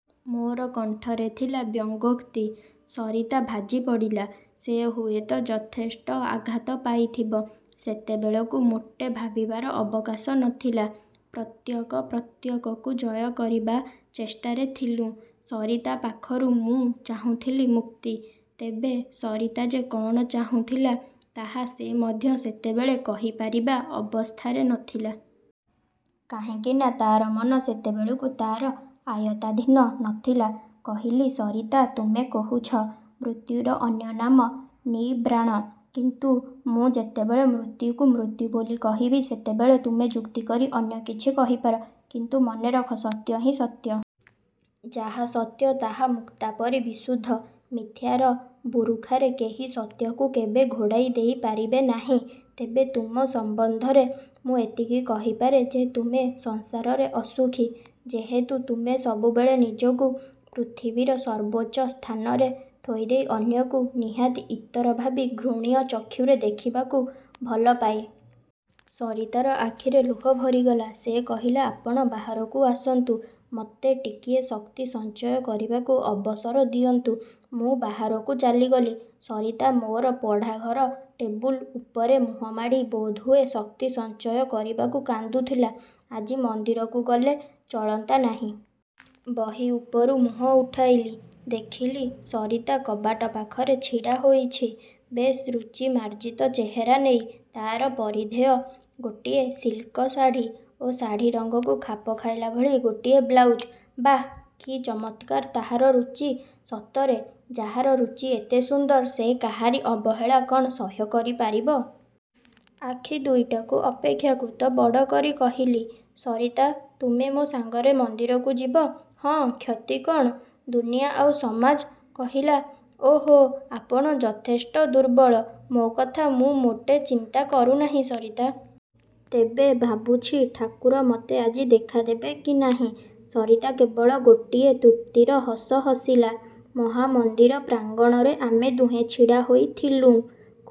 '' ମୋର କଣ୍ଠରେ ଥିଲା ବ୍ୟଙ୍ଗୋକ୍ତି। ସରିତା ଭାଜିପଡ଼ିଲା। ସେ ହୁଏତ ଯଥେଷ୍ଟ ଆଘାତ ପାଇଥିବ। ସେତେବେଳକୁ ମୋଟେ ଭାବିବାର ଅବକାଶ ନ ଥିଲା। ପ୍ରତ୍ୟେକ ପ୍ରତ୍ୟେକକୁ ଜୟ କରିବା ଚେଷ୍ଟାରେ ଥିଲୁଁ। ସରିତା ପାଖରୁ ମୁଁ ଚାହୁଁଥିଲି ମୁକ୍ତି। ତେବେ ସରିତା ଯେ କ'ଣ ଚାହୁଁଥିଲା ତାହା ସେ ମଧ୍ୟ ସେତେବେଳେ କହିପାରିବା ଅବସ୍ଥାରେ ନ ଥିଲା। କାହିଁକିନା ତା'ର ମନ ସେତେବେଳକୁ ତା'ର ଆୟତ୍ତାଧୀନ ନ ଥିଲା। କହିଲି, ''ସରିତା! ତୁମେ କହୁଛ। ମୃତ୍ୟୁର ଅନ୍ୟ ନାମ ନିର୍ବାଣ; କିନ୍ତୁ ମୁଁ ଯେତେବେଳେ ମୃତ୍ୟୁକୁ ମୃତ୍ୟୁ ବୋଲି କହିବି ସେତେବେଳେ ତୁମେ ଯୁକ୍ତିକରି ଅନ୍ୟ କିଛି କହିପାର। କିନ୍ତୁ ମନେରଖ ସତ୍ୟ ହିଁ ସତ୍ୟ। ଯାହା ସତ୍ୟ ତାହା ମୁକ୍ତାପରି ବିଶୁଦ୍ଧ। ମିଥ୍ୟାର ବୁରୁଖାରେ କେହି ସତ୍ୟକୁ କେବେ ଘୋଡ଼ାଇ ଦେଇପାରେ ନାହିଁ। ତେବେ ତୁମ ସମ୍ବନ୍ଧରେ ମୁଁ ଏତିକି କହିପାରେ ଯେ ତୁମେ ସଂସାରରେ ଅସୁଖୀ, ଯେହେତୁ ତୁମେ ସବୁବେଳେ ନିଜକୁ ପୃଥିବୀର ସର୍ବୋଚ୍ଚ ସ୍ଥାନରେ ଥୋଇଦେଇ ଅନ୍ୟକୁ ନିହାତି ଇତର ଭାବି ଘୃଣ୍ୟ ଚକ୍ଷୁରେ ଦେଖିବାକୁ ଭଲପାଏ। '' ସରିତାର ଆଖିରେ ଲୁହ ଭରିଗଲା। ସେ କହିଲା, ''ଆପଣ ବାହାରୁ ଆସନ୍ତୁ। ମୋତେ ଟିକିଏ ଶକ୍ତି ସଞ୍ଚୟ କରିବାକୁ ଅବସର ଦିଅନ୍ତୁ। '' ମୁଁ ବାହାରକୁ ଚାଲିଗଲି। ସରିତା ମୋର ପଢ଼ାଘର ଟେବୁଲ ଉପରେ ମୁହଁମାଡ଼ି ବୋଧହୁଏ ଶକ୍ତି ସଞ୍ଚୟ କରିବାକୁ କାନ୍ଦୁଥିଲା। ''ଆଜି ମନ୍ଦିରକୁ ଗଲେ ଚଳନ୍ତା ନାହିଁ? '' ବହି ଉପରୁ ମୁହଁ ଉଠାଇଲି। ଦେଖିଲି ସରିତା କବାଟ ପାଖରେ ଛିଡ଼ାହୋଇଛି ବେଶ୍ ରୁଚି ମାର୍ଜିତ ଚେହେରା ନେଇ। ତା'ର ପରିଧେୟ ଗୋଟିଏ ସିଲ୍କ ଶାଢ଼ି ଓ ଶାଢ଼ି ରଙ୍ଗକୁ ଖାପ ଖାଇଲାଭଳି ଗୋଟାଏ ବ୍ଲାଉଜ। ବାଃ, କି ଚମତ୍କାର ତାହାର ରୁଚି? ସତରେ ଯାହାର ରୁଚି ଏତେ ସୁନ୍ଦର ସେ କାହାରି ଅବହେଳା କ'ଣ ସହ୍ୟ କରିପାରିବ? ଆଖି ଦୁଇଟାକୁ ଅପେକ୍ଷା କୃତ ବଡ଼ କରି କହିଲି, ''ସରିତା! ତୁମେ ମୋ ସାଙ୍ଗରେ ମନ୍ଦିରକୁ ଯିବ? '' ''ହଁ, କ୍ଷତି କ'ଣ? '' ''ଦୁନିଆ ଆଉ ସମାଜ? '' କହିଲା, ''ଓଃ, ଆପଣ ଯଥେଷ୍ଟ ଦୁର୍ବଳ। '' ''ମୋ କଥା ମୁଁ ମୋଟେ ଚିନ୍ତା କରୁନାହିଁ ସରିତା! ତେବେ ଭାବୁଛି ଠାକୁର ମୋତେ ଆଜି ଦେଖାଦେବେ କି ନାହିଁ? '' ସରିତା କେବଳ ଗୋଟିଏ ତୃପ୍ତିର ହସ ହସିଲା। ମହା ମନ୍ଦିର ପ୍ରାଙ୍ଗଣରେ ଆମେ ଦୁହେଁ ଛିଡ଼ା ହୋଇଥିଲୁଁ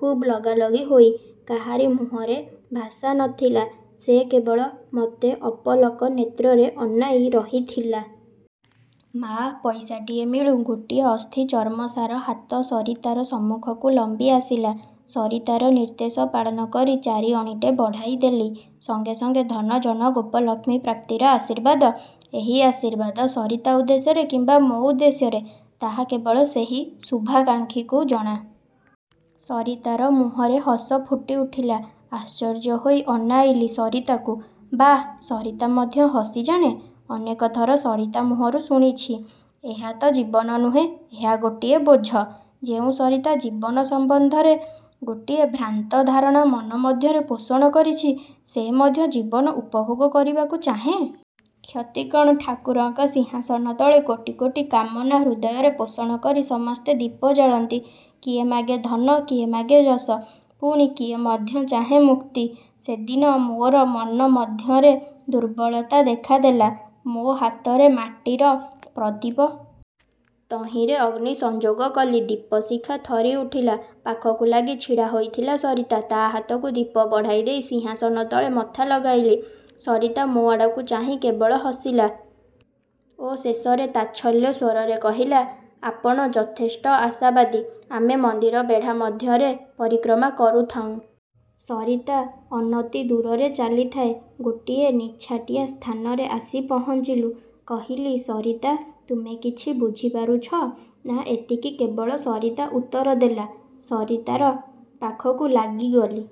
ଖୁବ୍ ଲଗାଲଗି ହୋଇ। କାହାରି ମୁହଁରେ ଭାଷା ନ ଥିଲା। ସେ କେବଳ ମୋତେ ଅପଲକ ନେତ୍ରରେ ଅନାଇ ରହିଥିଲା। ''ମାଆ! ପଇସାଟିଏ ମିଳୁ। '' ଗୋଟିଏ ଅସ୍ଥିଚର୍ମସାର ହାତ ସରିତାର ସମ୍ମୁଖକୁ ଲମ୍ବିଆସିଲା। ସରିତାର ନିର୍ଦ୍ଦେଶ ପାଳନ କରି ଚାରିଅଣୀଟେ ବଢ଼େଇ ଦେଲି। ସଙ୍ଗେ ସଙ୍ଗେ ଧନ, ଯନ, ଗୋପ, ଲକ୍ଷ୍ମୀ ପ୍ରାପ୍ତିର ଆଶୀର୍ବାଦ। ଏହି ଆଶୀର୍ବାଦ ସରିତା ଉଦ୍ଦେଶ୍ୟରେ କିମ୍ବା ମୋ ଉଦ୍ଦେଶ୍ୟରେ ତାହା କେବଳ ସେହି ଶୁଭାକାଂକ୍ଷୀକୁ ଜଣା। ସରିତାର ମୁହଁରେ ହସ ଫୁଟିଉଠିଲା। ଆଶ୍ଚର୍ଯ୍ୟ ହୋଇ ଅନାଇଲି ସରିତାକୁ। ବାଃ, ସରିତା ମଧ୍ୟ ହସି ଜାଣେ? ଅନେକଥର ସରିତା ମୁହଁରୁ ଶୁଣିଛି ''ଏହା ତ ଜୀବନ ନୁହେଁ। ଏହା ଗୋଟାଏ ବୋଝ-। '' ଯେଉଁ ସରିତା ଜୀବନ ସମ୍ବନ୍ଧରେ ଗୋଟାଏ ଭ୍ରାନ୍ତଧାରଣା ମନ ମଧ୍ୟରେ ପୋଷଣ କରିଛି ସେ ମଧ୍ୟ ଜୀବନ ଉପଭୋଗ କରିବାକୁ ଚାହେଁ। କ୍ଷତି କ'ଣ? ଠାକୁରଙ୍କ ସିଂହାସନ ତଳେ କୋଟି କୋଟି କାମନା ହୃଦୟରେ ପୋଷଣ କରି ସମସ୍ତେ ଦୀପ ଜଳାନ୍ତି। କିଏ ମାଗେ ଧନ କିଏ ମାଗେ ଯଶ, ପୁଣି କିଏ ମଧ୍ୟ ଚାହେଁ ମୁକ୍ତି। ସେଦିନ ମୋର ମନ ମଧ୍ୟରେ ଦୁର୍ବଳତା ଦେଖାଦେଲା। ମୋ ହାତରେ ମାଟିର ପ୍ରଦୀପ। ତହିଁରେ ଅଗ୍ନି ସଂଯୋଗ କଲି। ଦୀପଶିଖା ଥରିଉଠିଲା। ପାଖକୁ ଲାଗି ଛିଡ଼ାହୋଇଥିଲା ସରିତା। ତା' ହାତକୁ ଦୀପ ବଢ଼ାଇଦେଇ ସିଂହାସନ ତଳେ ମଥା ଲଗାଇଲି। ସରିତା ମୋ ଆଡ଼କୁ ଚାହିଁ କେବଳ ହସିଲା ଓ ଶେଷରେ ତାଚ୍ଛଲ୍ୟ ସ୍ୱରରେ କହିଲା, ''ଆପଣ ଯଥେଷ୍ଟ ଆଶାବାଦୀ। '' ଆମେ ମନ୍ଦିର ବେଢ଼ା ମଧ୍ୟରେ ପରିକ୍ରମା କରୁଥାଉଁ। ସରିତା ଅନତିଦୂରରେ ଚାଲିଥାଏ-। ଗୋଟିଏ ନିଛାଟିଆ ସ୍ଥାନରେ ଆସି ପହଞ୍ଚିଲୁ। କହିଲି, ସରିତା! ତୁମେ କିଛି ବୁଝିପାରୁଛ, ନା' ଏତିକି କେବଳ ସରିତା ଉତ୍ତରଦେଲା। ସରିତାର ପାଖକୁ ଲାଗିଗଲି।